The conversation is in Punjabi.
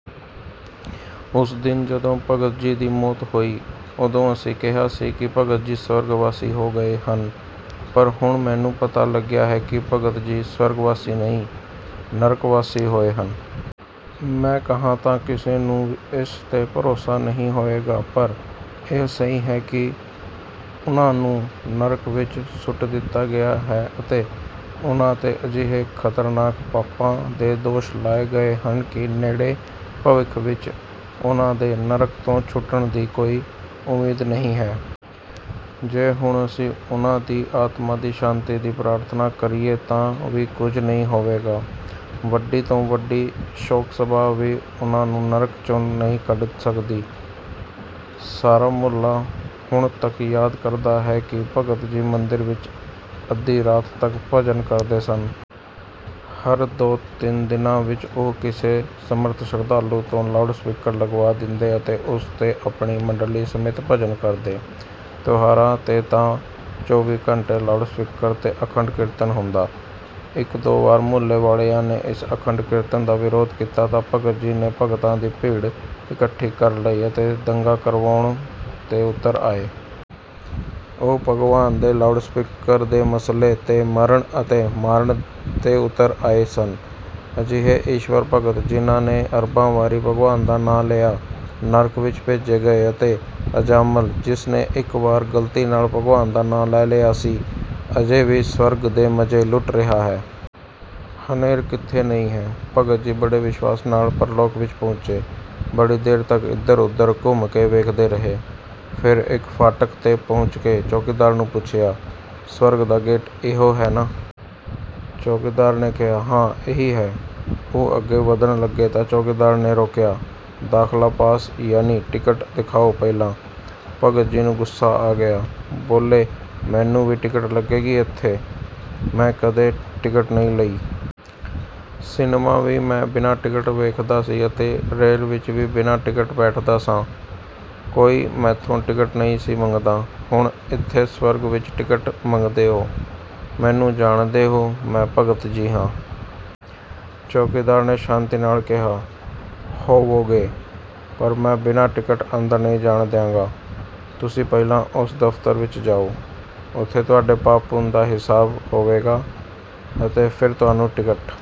ਉਸ ਦਿਨ ਜਦੋਂ ਭਗਤ ਜੀ ਦੀ ਮੌਤ ਹੋਈ, ਉਦੋਂ ਅਸੀਂ ਕਿਹਾ ਸੀ ਕਿ ਭਗਤ ਜੀ ਸਵਰਗਵਾਸੀ ਹੋ ਗਏ ਹਨ। ਪਰ ਹੁਣ ਮੈਨੂੰ ਪਤਾ ਲੱਗਿਆ ਹੈ ਕਿ ਭਗਤ ਜੀ ਸਵਰਗਵਾਸੀ ਨਹੀਂ, ਨਰਕਵਾਸੀ ਹੋਏ ਹਨ। ਮੈਂ ਕਹਾਂ ਤਾਂ ਕਿਸੇ ਨੂੰ ਇਸ 'ਤੇ ਭਰੋਸਾ ਨਹੀਂ ਹੋਵੇਗਾ, ਪਰ ਇਹ ਸਹੀ ਹੈ ਕਿ ਉਨ੍ਹਾਂ ਨੂੰ ਨਰਕ ਵਿੱਚ ਸੁੱਟ ਦਿੱਤਾ ਗਿਆ ਹੈ ਅਤੇ ਉਨ੍ਹਾਂ 'ਤੇ ਅਜਿਹੇ ਖ਼ਤਰਨਾਕ ਪਾਪਾਂ ਦੇ ਦੋਸ਼ ਲਾਏ ਗਏ ਹਨ ਕਿ ਨੇੜੇ ਭਵਿੱਖ ਵਿੱਚ ਉਨ੍ਹਾਂ ਦੇ ਨਰਕ ਤੋਂ ਛੁੱਟਣ ਦੀ ਕੋਈ ਉਮੀਦ ਨਹੀਂ ਹੈ। ਜੇ ਹੁਣ ਅਸੀਂ ਉਨ੍ਹਾਂ ਦੀ ਆਤਮਾ ਦੀ ਸ਼ਾਂਤੀ ਦੀ ਪ੍ਰਾਰਥਨਾ ਕਰੀਏ ਤਾਂ ਵੀ ਕੁਝ ਨਹੀਂ ਹੋਵੇਗਾ। ਵੱਡੀ ਤੋਂ ਵੱਡੀ ਸ਼ੋਕ-ਸਭਾ ਵੀ ਉਨ੍ਹਾਂ ਨੂੰ ਨਰਕ 'ਚੋਂ ਨਹੀਂ ਕੱਢ ਸਕਦੀ। ਸਾਰਾ ਮੁਹੱਲਾ ਹੁਣ ਤੱਕ ਯਾਦ ਕਰਦਾ ਹੈ ਕਿ ਭਗਤ ਜੀ ਮੰਦਿਰ ਵਿੱਚ ਅੱਧੀ ਰਾਤ ਤੱਕ ਭਜਨ ਕਰਦੇ ਸਨ। ਹਰ ਦੋ-ਤਿੰਨ ਦਿਨਾਂ ਵਿੱਚ ਉਹ ਕਿਸੇ ਸਮਰੱਥ ਸ਼ਰਧਾਲੂ ਤੋਂ ਲਾਊਡ ਸਪੀਕਰ ਲਗਵਾ ਦਿੰਦੇ ਅਤੇ ਉਸ 'ਤੇ ਆਪਣੀ ਮੰਡਲੀ ਸਮੇਤ ਭਜਨ ਕਰਦੇ। ਤਿਉਹਾਰਾਂ 'ਤੇ ਤਾਂ ਚੌਵੀ ਘੰਟੇ ਲਾਊਡ ਸਪੀਕਰ 'ਤੇ ਅਖੰਡ ਕੀਰਤਨ ਹੁੰਦਾ। ਇੱਕ-ਦੋ ਵਾਰ ਮੁਹੱਲੇ ਵਾਲਿਆਂ ਨੇ ਇਸ ਅਖੰਡ ਕੀਰਤਨ ਦਾ ਵਿਰੋਧ ਕੀਤਾ ਤਾਂ ਭਗਤ ਜੀ ਨੇ ਭਗਤਾਂ ਦੀ ਭੀੜ ਇਕੱਠੀ ਕਰ ਲਈ ਅਤੇ ਦੰਗਾ ਕਰਵਾਉਣ 'ਤੇ ਉਤਰ ਆਏ। ਉਹ ਭਗਵਾਨ ਦੇ ਲਾਊਡ ਸਪੀਕਰ ਦੇ ਮਸਲੇ 'ਤੇ ਮਰਨ ਅਤੇ ਮਾਰਨ 'ਤੇ ਉਤਰ ਆਏ ਸਨ। ਅਜਿਹੇ ਈਸ਼ਵਰ ਭਗਤ, ਜਿਨ੍ਹਾਂ ਨੇ ਅਰਬਾਂ ਵਾਰੀ ਭਗਵਾਨ ਦਾ ਨਾਂ ਲਿਆ, ਨਰਕ ਵਿੱਚ ਭੇਜੇ ਗਏ ਅਤੇ ਅਜਾਮਲ, ਜਿਸ ਨੇ ਇੱਕ ਵਾਰ ਗ਼ਲਤੀ ਨਾਲ ਭਗਵਾਨ ਦਾ ਨਾਮ ਲੈ ਲਿਆ ਸੀ, ਅਜੇ ਵੀ ਸਵਰਗ ਦੇ ਮਜ਼ੇ ਲੁੱਟ ਰਿਹਾ ਹੈ। ਹਨੇਰ ਕਿੱਥੇ ਨਹੀਂ ਹੈ! ਭਗਤ ਜੀ ਬੜੇ ਵਿਸ਼ਵਾਸ ਨਾਲ ਪ੍ਰਲੋਕ ਵਿੱਚ ਪਹੁੰਚੇ। ਬੜੀ ਦੇਰ ਤੱਕ ਇਧਰ-ਉਧਰ ਘੁੰਮ ਕੇ ਵੇਖਦੇ ਰਹੇ। ਫਿਰ ਇੱਕ ਫਾਟਕ 'ਤੇ ਪਹੁੰਚ ਕੇ ਚੌਕੀਦਾਰ ਨੂੰ ਪੁੱਛਿਆ, "ਸਵਰਗ ਦਾ ਗੇਟ ਇਹੋ ਹੈ ਨਾ?" ਚੌਕੀਦਾਰ ਨੇ ਕਿਹਾ, "ਹਾਂ, ਇਹੀ ਹੈ।" ਉਹ ਅੱਗੇ ਵਧਣ ਲੱਗੇ ਤਾਂ ਚੌਕੀਦਾਰ ਨੇ ਰੋਕਿਆ, "ਦਾਖਲਾ ਪਾਸ, ਯਾਨੀ ਟਿਕਟ ਦਿਖਾਓ ਪਹਿਲਾਂ!" ਭਗਤ ਜੀ ਨੂੰ ਗੁੱਸਾ ਆ ਗਿਆ। ਬੋਲੇ, "ਮੈਨੂੰ ਵੀ ਟਿਕਟ ਲੱਗੇਗੀ ਇੱਥੇ? ਮੈਂ ਕਦੇ ਟਿਕਟ ਨਹੀਂ ਲਈ। ਸਿਨਮਾ ਵੀ ਮੈਂ ਬਿਨਾਂ ਟਿਕਟ ਵੇਖਦਾ ਸੀ ਅਤੇ ਰੇਲ ਵਿੱਚ ਵੀ ਬਿਨਾਂ ਟਿਕਟ ਬੈਠਦਾ ਸਾਂ। ਕੋਈ ਮੈਥੋਂ ਟਿਕਟ ਨਹੀਂ ਸੀ ਮੰਗਦਾ। ਹੁਣ ਇੱਥੇ ਸਵਰਗ ਵਿੱਚ ਟਿਕਟ ਮੰਗਦੇ ਹੋ? ਮੈਨੂੰ ਜਾਣਦੇ ਹੋ? ਮੈਂ ਭਗਤ ਜੀ ਹਾਂ।" ਚੌਕੀਦਾਰ ਨੇ ਸ਼ਾਂਤੀ ਨਾਲ ਕਿਹਾ, "ਹੋਵੋਗੇ। ਪਰ ਮੈਂ ਬਿਨਾਂ ਟਿਕਟ ਅੰਦਰ ਨਹੀਂ ਜਾਣ ਦਿਆਂਗਾ। ਤੁਸੀਂ ਪਹਿਲਾਂ ਉਸ ਦਫ਼ਤਰ ਵਿੱਚ ਜਾਓ। ਉੱਥੇ ਤੁਹਾਡੇ ਪਾਪ-ਪੁੰਨ ਦਾ ਹਿਸਾਬ ਹੋਵੇਗਾ ਅਤੇ ਫਿਰ ਤੁਹਾਨੂੰ ਟਿਕਟ